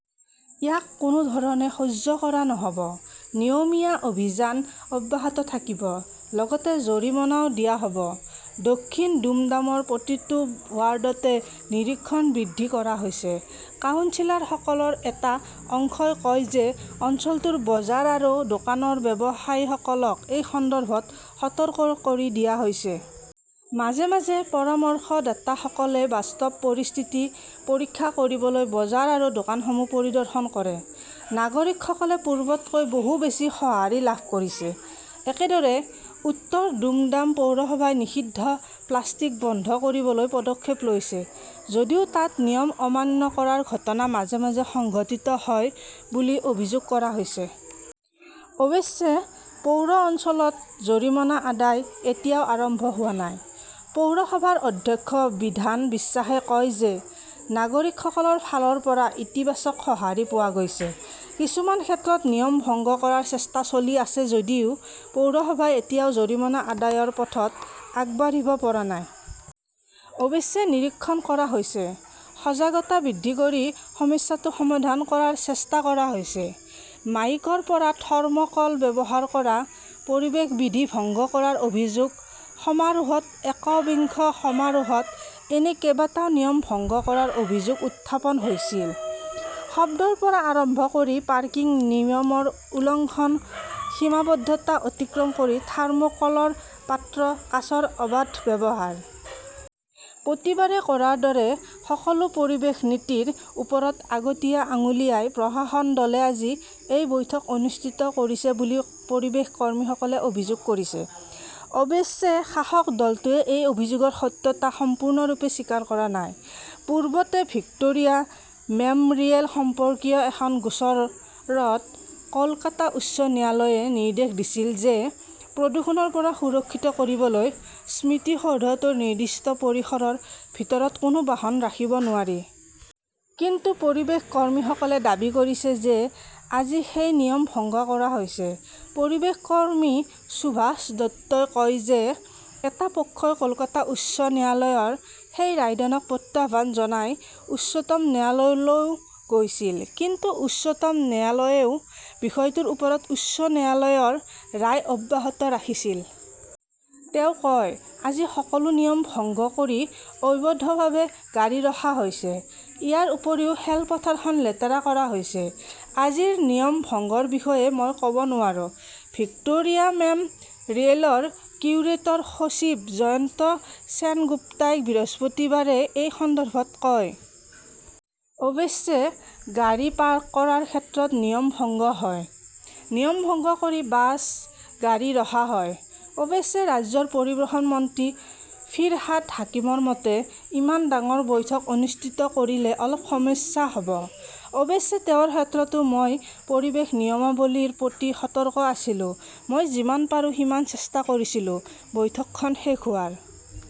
ইয়াক কোনো ধৰণে সহ্য কৰা নহ "ব। নিয়মীয়া অভিযান অব্যাহত থাকিব। লগতে জৰিমনাও দিয়া হ "ব। দক্ষিণ দুমডামৰ প্ৰতিটো ৱাৰ্ডতো নিৰীক্ষণ বৃদ্ধি কৰা হৈছে। কাউন্সিলৰসকলৰ এটা অংশই কয় যে অঞ্চলটোৰ বজাৰ আৰু দোকানৰ ব্যৱসায়ীসকলক এই সন্দৰ্ভত সতৰ্ক কৰি দিয়া হৈছে। মাজে মাজে পৰামৰ্শদাতাসকলে বাস্তৱ পৰিস্থিতি পৰীক্ষা কৰিবলৈ বজাৰ আৰু দোকানসমূহ পৰিদৰ্শন কৰে। নাগৰিকসকলে পূৰ্বতকৈ বহু বেছি সঁহাৰি লাভ কৰিছে। একেদৰে, উত্তৰ দুমডাম পৌৰসভাই নিষিদ্ধ প্লাষ্টিক বন্ধ কৰিবলৈ পদক্ষেপ লৈছে। যদিও তাত নিয়ম অমান্য কৰাৰ ঘটনা মাজে মাজে সংঘটিত হয় বুলি অভিযোগ কৰা হৈছে। অৱশ্যে, পৌৰ অঞ্চলত জৰিমনা আদায় এতিয়াও আৰম্ভ হোৱা নাই। পৌৰসভাৰ অধ্যক্ষ বিধান বিশ্বাসে কয় যে নাগৰিকসকলৰ ফালৰ পৰা ইতিবাচক সঁহাৰি পোৱা গৈছে। কিছুমান ক্ষেত্ৰত নিয়ম ভংগ কৰাৰ চেষ্টা চলি আছে যদিও পৌৰসভাই এতিয়াও জৰিমনা আদায়ৰ পথত আগবাঢ়িব পৰা নাই। অৱশ্যে, নিৰীক্ষণ কৰা হৈছে। সজাগতা বৃদ্ধি কৰি সমস্যাটো সমাধান কৰাৰ চেষ্টা কৰা হৈছে। মাইকৰ পৰা থৰ্ম "কল ব্যৱহাৰ কৰা, পৰিৱেশ বিধি ভংগ কৰাৰ অভিযোগ সমাৰোহত একবিংশ সমাৰোহত এনে কেইবাটাও নিয়ম ভংগ কৰাৰ অভিযোগ উত্থাপন হৈছিল-শব্দৰ পৰা আৰম্ভ কৰি পাৰ্কিং-নিয়মৰ উলংঘন, সীমাবদ্ধতা অতিক্ৰম কৰি থাৰ্মোক্লৰ পাত্ৰ-কাঁচৰ অবাধ ব্যৱহাৰ। প্ৰতিবাৰে কৰাৰ দৰে সকলো পৰিৱেশ নীতিৰ ওপৰত আগতীয়া আঙুলিয়াই প্ৰশাসন দলে আজি এই বৈঠক অনুষ্ঠিত কৰিছে বুলি পৰিৱেশ কৰ্মীসকলে অভিযোগ কৰিছে। অৱশ্যে শাসক দলটোৱে এই অভিযোগৰ সত্যতা সম্পূৰ্ণৰূপে স্বীকাৰ কৰা নাই। পূৰ্বতে ভিক্টোৰিয়া মেম "ৰিয়েল সম্পৰ্কীয় এখন গোচৰত কলকাতা উচ্চ ন্যায়ালয়ে নিৰ্দেশ দিছিল যে প্ৰদূষণৰ পৰা সুৰক্ষিত কৰিবলৈ স্মৃতিসৌধটোৰ নিৰ্দিষ্ট পৰিসৰৰ ভিতৰত কোনো বাহন ৰাখিব নোৱাৰি। কিন্তু পৰিৱেশ কৰ্মীসকলে দাবী কৰিছে যে আজি সেই নিয়ম ভংগ কৰা হৈছে। পৰিৱেশ কৰ্মী সুভাষ দত্তই কয় যে এটা পক্ষই কলকাতা উচ্চ ন্যায়ালয়ৰ সেই ৰায়দানক প্ৰত্যাহ্বান জনাই উচ্চতম ন্যায়ালয়লৈও গৈছিল। কিন্তু উচ্চতম ন্যায়ালয়েও বিষয়টোৰ ওপৰত উচ্চ ন্যায়ালয়ৰ ৰায় অব্যাহত ৰাখিছিল। তেওঁ কয়, "আজি সকলো নিয়ম ভংগ কৰি অবৈধভাৱে গাড়ী ৰখা হৈছে। ইয়াৰ উপৰিও খেলপথাৰখন লেতেৰা কৰা হৈছে। "আজিৰ নিয়ম ভংগৰ বিষয়ে মই ক" ব নোৱাৰো ", ভিক্টোৰিয়া মেম" ৰিয়েলৰ কিউৰেটৰ-সচিব জয়ন্ত সেনগুপ্তই বৃহস্পতিবাৰে এই সন্দৰ্ভত কয়। অৱশ্যে, গাড়ী পাৰ্ক কৰাৰ ক্ষেত্ৰত নিয়ম ভংগ হয়। নিয়ম ভংগ কৰি বাছ, গাড়ী ৰখা হয়। "অৱশ্যে, ৰাজ্যৰ পৰিবহণ মন্ত্ৰী ফিৰহাদ হাকিমৰ মতে," ইমান ডাঙৰ বৈঠক অনুষ্ঠিত কৰিলে অলপ সমস্যা হ "ব। অৱশ্যে, তেওঁৰ ক্ষেত্ৰতো, মই পৰিৱেশ নিয়মাৱলীৰ প্ৰতি সতৰ্ক আছিলো। মই যিমান পাৰো সিমান চেষ্টা কৰিছিলো। বৈঠকখন শেষ হোৱাৰ